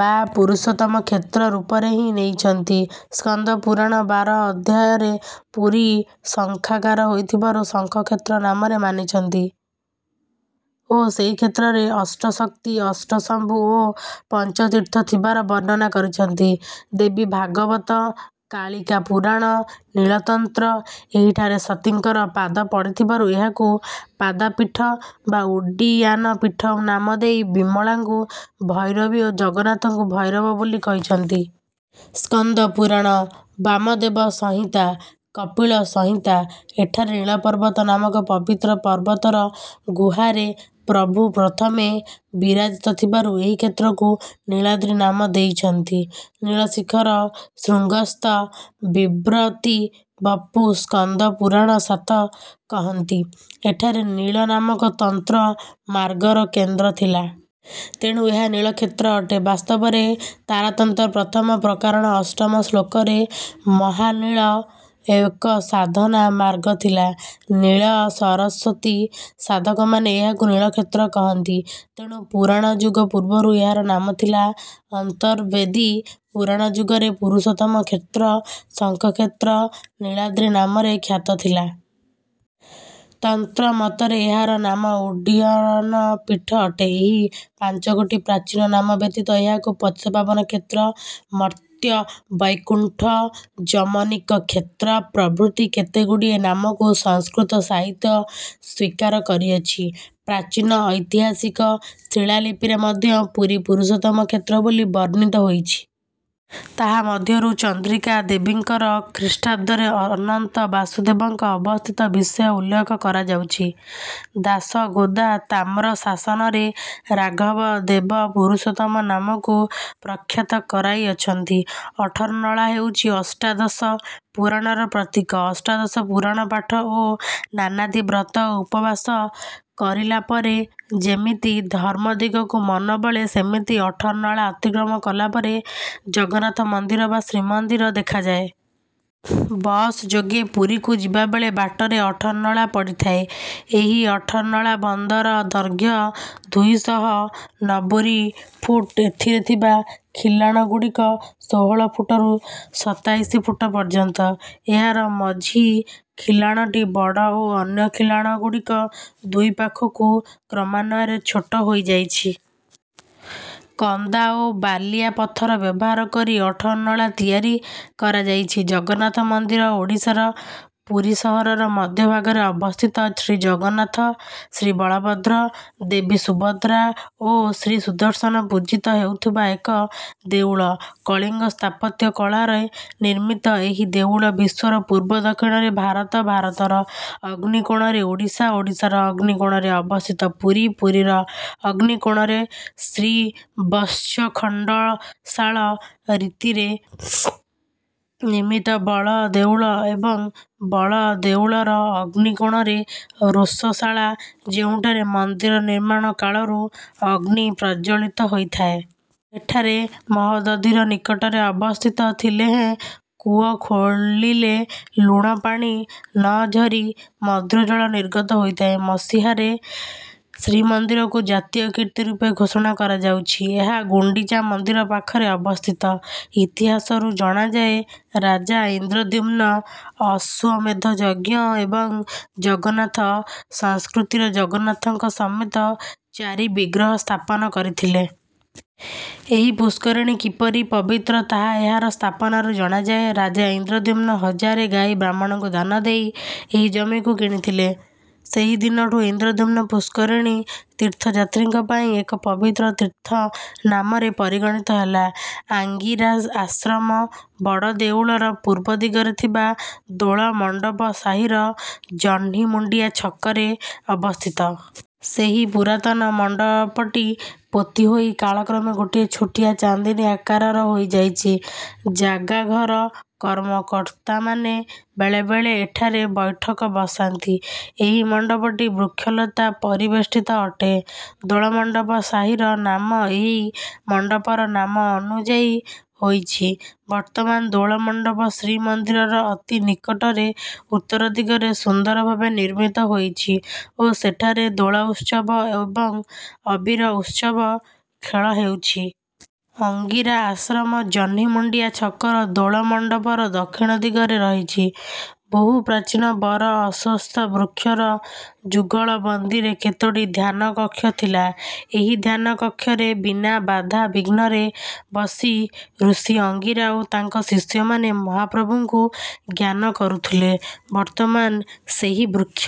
ବା ପୁରୁଷୋତ୍ତମ କ୍ଷେତ୍ର ରୂପରେ ହିଁ ନେଇଛନ୍ତି। ସ୍କନ୍ଦ ପୁରାଣ ବାର ଅଧ୍ୟାୟରେ ପୁରୀ ଶଙ୍ଖାକାର ହୋଇଥିବାରୁ ଶଙ୍ଖକ୍ଷେତ୍ର ନାମରେ ମାନିଛନ୍ତି ଓ ସେହି କ୍ଷେତ୍ରରେ ଅଷ୍ଟଶକ୍ତି ଅଷ୍ଟଶମ୍ଭୁ ଓ ପଞ୍ଚତୀର୍ଥ ଥିବାର ବର୍ଣ୍ଣନା କରିଛନ୍ତି। ଦେବୀ ଭାଗବତ, କାଳୀକା ପୁରାଣ, ନୀଳତନ୍ତ୍ର ଏହିଠାରେ ସତୀଙ୍କର ପାଦ ପଡ଼ିଥିବାରୁ ଏହାକୁ ପାଦାପୀଠ ବା ଉଡ଼ୀୟାନପୀଠ ନାମ ଦେଇ ବିମଳାଙ୍କୁ ଭୈରବୀ ଓ ଜଗନ୍ନାଥଙ୍କୁ ଭୈରବ ବୋଲି କହିଛନ୍ତି। ସ୍କନ୍ଦ ପୁରାଣ, ବାମଦେବ ସଂହିତା, କପିଳ ସଂହିତା ଏଠାରେ ନୀଳପର୍ବତ ନାମକ ପବିତ୍ର ପର୍ବତର ଗୁହାରେ ପ୍ରଭୁ ପ୍ରଥମେ ବିରାଜିତ ଥିବାରୁ ଏହି କ୍ଷେତ୍ରକୁ ନୀଳାଦ୍ରି ନାମ ଦେଇଛନ୍ତି। ନୀଳଶିଖର ଶୃଙ୍ଗସ୍ଥ ବିଭ୍ରତିବପୁ ସ୍କନ୍ଦ ପୁରାଣ ସତ କହନ୍ତି। ଏଠାରେ ନୀଳ ନାମକ ତନ୍ତ୍ର ମାର୍ଗର କେନ୍ଦ୍ର ଥିଲା। ତେଣୁ ଏହା ନୀଳକ୍ଷେତ୍ର ଅଟେ। ବାସ୍ତବରେ ତାରାତନ୍ତ୍ର ପ୍ରଥମ ପ୍ରକାରଣ ଅଷ୍ଟମ ଶ୍ଲୋକରେ ମହାନୀଳ ଏକ ସାଧନା ମାର୍ଗ ଥିଲା। ନୀଳ ସରସ୍ୱତୀ ସାଧକମାନେ ଏହାକୁ ନୀଳକ୍ଷେତ୍ର କହନ୍ତି। ତେଣୁ ପୁରାଣ ଯୁଗ ପୂର୍ବରୁ ଏହାର ନାମ ଥିଲା ଅନ୍ତର୍ବେଦୀ, ପୁରାଣ ଯୁଗରେ ପୁରୁଷୋତ୍ତମ କ୍ଷେତ୍ର, ଶଙ୍ଖକ୍ଷେତ୍ର, ନୀଳାଦ୍ରି ନାମରେ ଖ୍ୟାତ ଥିଲା। ତନ୍ତ୍ର ମତରେ ଏହାର ନାମ ଉଡ଼ୀୟାନପୀଠ ଅଟେ। ଏହି ପାଞ୍ଚଗୋଟି ପ୍ରାଚୀନ ନାମ ବ୍ୟତୀତ ଏହାକୁ ପତିତପାବନ କ୍ଷେତ୍ର, ମର୍ତ୍ତ୍ୟବୈକୁଣ୍ଠ, ଯମନିକ କ୍ଷେତ୍ର ପ୍ରଭୃତି କେତେଗୁଡ଼ିଏ ନାମକୁ ସଂସ୍କୃତ ସାହିତ୍ୟ ସ୍ୱୀକାର କରିଅଛି। ପ୍ରାଚୀନ ଐତିହାସିକ ଶିଳାଲିପିରେ ମଧ୍ୟ ପୁରୀ ପୁରୁଷୋତ୍ତମ କ୍ଷେତ୍ର ବୋଲି ବର୍ଣ୍ଣିତ ହୋଇଛି। ତାହା ମଧ୍ୟରୁ ଚନ୍ଦ୍ରିକା ଦେବୀଙ୍କର ଖ୍ରୀଷ୍ଟାବ୍ଦରେ ଅନନ୍ତ ବାସୁଦେବଙ୍କ ଅବସ୍ଥିତ ବିଷୟ ଉଲ୍ଲେଖ କରାଯାଉଛି। ଦାଶଗୋଦା ତାମ୍ରଶାସନରେ ରାଘବ ଦେବ ପୁରୁଷୋତ୍ତମ ନାମକୁ ପ୍ରଖ୍ୟାତ କରାଇ ଅଛନ୍ତି। ଅଠରନଳା ହେଉଛି ଅଷ୍ଟାଦଶ ପୁରାଣର ପ୍ରତୀକ। ଅଷ୍ଟାଦଶ ପୁରାଣ ପାଠ ଓ ନାନାଦି ବ୍ରତ ଉପବାସ କରିଲା ପରେ ଯେମିତି ଧର୍ମ ଦିଗକୁ ମନ ବଳେ, ସେମିତି ଅଠରନଳା ଅତିକ୍ରମ କଲା ପରେ ଜଗନ୍ନାଥ ମନ୍ଦିର ବା ଶ୍ରୀମନ୍ଦିର ଦେଖାଯାଏ। ବସ୍ ଯୋଗେ ପୁରୀକୁ ଯିବାବେଳେ ବାଟରେ ଅଠରନଳା ପଡ଼ିଥାଏ। ଏହି ଅଠରନଳା ବନ୍ଧର ଦୈର୍ଘ୍ୟ ଦୁଇ ଶହ ନବୁରୀ ଫୁଟ। ଏଥିରେ ଥିବା ଖିଲାଣଗୁଡ଼ିକ ଷୋହଳ ଫୁଟରୁ ସତାଇଶି ଫୁଟ ପର୍ଯ୍ୟନ୍ତ। ଏହାର ମଝି ଖିଲାଣଟି ବଡ଼ ଓ ଅନ୍ୟ ଖିଲାଣଗୁଡ଼ିକ ଦୁଇ ପାଖକୁ କ୍ରମାନ୍ୱୟରେ ଛୋଟ ହୋଇଯାଇଛି। କନ୍ଦା ଓ ବାଲିଆ ପଥର ବ୍ୟବହାର କରି ଅଠରନଳା ତିଆରି କରାଯାଇଛି। ଜଗନ୍ନାଥ ମନ୍ଦିର ଓଡ଼ିଶାର ପୁରୀ ସହରର ମଧ୍ୟଭାଗରେ ଅବସ୍ଥିତ ଶ୍ରୀଜଗନ୍ନାଥ, ଶ୍ରୀବଳଭଦ୍ର, ଦେବୀ ସୁଭଦ୍ରା ଓ ଶ୍ରୀସୁଦର୍ଶନ ପୂଜିତ ହେଉଥିବା ଏକ ଦେଉଳ। କଳିଙ୍ଗ ସ୍ଥାପତ୍ୟ କଳାରେ ନିର୍ମିତ ଏହି ଦେଉଳ ବିଶ୍ୱର ପୂର୍ବ ଦକ୍ଷିଣରେ ଭାରତ, ଭାରତର ଅଗ୍ନିକୋଣରେ ଓଡ଼ିଶା, ଓଡ଼ିଶାର ଅଗ୍ନିକୋଣରେ ଅବସ୍ଥିତ ପୁରୀ, ପୁରୀର ଅଗ୍ନିକୋଣରେ ଶ୍ରୀବତ୍ସଖଣ୍ଡଶାଳ ରୀତିରେ ନିର୍ମିତ ବଡ଼ଦେଉଳ ଏବଂ ବଡ଼ଦେଉଳର ଅଗ୍ନିକୋଣରେ ରୋଷଶାଳା, ଯେଉଁଠାରେ ମନ୍ଦିର ନିର୍ମାଣ କାଳରୁ ଅଗ୍ନି ପ୍ରଜ୍ଜ୍ୱଳିତ ହୋଇଥାଏ। ଏଠାରେ ମହୋଦଧିର ନିକଟରେ ଅବସ୍ଥିତ ଥିଲେ ହେଁ କୂଅ ଖୋଳିଲେ ଲୁଣପାଣି ନ ଝରି ମଧୁର ଜଳ ନିର୍ଗତ ହୋଇଥାଏ। ମସିହାରେ ଶ୍ରୀମନ୍ଦିରକୁ ଜାତୀୟ କୀର୍ତ୍ତି ରୂପେ ଘୋଷଣା କରାଯାଉଛି। ଏହା ଗୁଣ୍ଡିଚା ମନ୍ଦିର ପାଖରେ ଅବସ୍ଥିତ। ଇତିହାସରୁ ଜଣାଯାଏ ରାଜା ଇନ୍ଦ୍ରଦ୍ୟୁମ୍ନ ଅଶ୍ୱମେଧ ଯଜ୍ଞ ଏବଂ ଜଗନ୍ନାଥ ସଂସ୍କୃତିର ଜଗନ୍ନାଥଙ୍କ ସମେତ ଚାରି ବିଗ୍ରହ ସ୍ଥାପନ କରିଥିଲେ। ଏହି ପୁଷ୍କରିଣୀ କିପରି ପବିତ୍ର ତାହା ଏହାର ସ୍ଥାପନାରୁ ଜଣାଯାଏ। ରାଜା ଇନ୍ଦ୍ରଦ୍ୟୁମ୍ନ ହଜାରେ ଗାଈ ବ୍ରାହ୍ମଣଙ୍କୁ ଦାନ ଦେଇ ଏହି ଜମିକୁ କିଣିଥିଲେ। ସେହି ଦିନଠୁ ଇନ୍ଦ୍ରଦ୍ୟୁମ୍ନ ପୁଷ୍କରିଣୀ ତୀର୍ଥଯାତ୍ରୀଙ୍କ ପାଇଁ ଏକ ପବିତ୍ର ତୀର୍ଥ ନାମରେ ପରିଗଣିତ ହେଲା। ଆଙ୍ଗିରା ଆଶ୍ରମ ବଡ଼ଦେଉଳର ପୂର୍ବ ଦିଗରେ ଥିବା ଦୋଳମଣ୍ଡପ ସାହିର ଜହ୍ନିମୁଣ୍ଡିଆ ଛକରେ ଅବସ୍ଥିତ। ସେହି ପୁରାତନ ମଣ୍ଡପଟି ପୋତି ହୋଇ କାଳକ୍ରମେ ଗୋଟିଏ ଛୋଟିଆ ଚାନ୍ଦିନୀ ଆକାରର ହୋଇଯାଇଛି। ଜାଗାଘର କର୍ମକର୍ତ୍ତାମାନେ ବେଳେବେଳେ ଏଠାରେ ବୈଠକ ବସାନ୍ତି। ଏହି ମଣ୍ଡପଟି ବୃକ୍ଷଲତା ପରିବେଷ୍ଟିତ ଅଟେ। ଦୋଳମଣ୍ଡପ ସାହିର ନାମ ଏହି ମଣ୍ଡପର ନାମ ଅନୁଯାୟୀ ହୋଇଛି। ବର୍ତ୍ତମାନ ଦୋଳମଣ୍ଡପ ଶ୍ରୀମନ୍ଦିରର ଅତି ନିକଟରେ ଉତ୍ତର ଦିଗରେ ସୁନ୍ଦର ଭାବେ ନିର୍ମିତ ହୋଇଛି ଓ ସେଠାରେ ଦୋଳ ଉତ୍ସବ ଏବଂ ଅବିର ଉତ୍ସବ ଖେଳ ହେଉଛି। ଆଙ୍ଗିରା ଆଶ୍ରମ ଜହ୍ନିମୁଣ୍ଡିଆ ଛକର ଦୋଳମଣ୍ଡପର ଦକ୍ଷିଣ ଦିଗରେ ରହିଛି। ବହୁ ପ୍ରାଚୀନ ବର ଅଶ୍ୱତ୍ଥ ବୃକ୍ଷର ଯୁଗଳବନ୍ଦୀରେ କେତୋଟି ଧ୍ୟାନ କକ୍ଷ ଥିଲା। ଏହି ଧ୍ୟାନ କକ୍ଷରେ ବିନା ବାଧା ବିଘ୍ନରେ ବସି ଋଷି ଆଙ୍ଗିରା ଓ ତାଙ୍କ ଶିଷ୍ୟମାନେ ମହାପ୍ରଭୁଙ୍କୁ ଧ୍ୟାନ କରୁଥିଲେ। ବର୍ତ୍ତମାନ ସେହି ବୃକ୍ଷ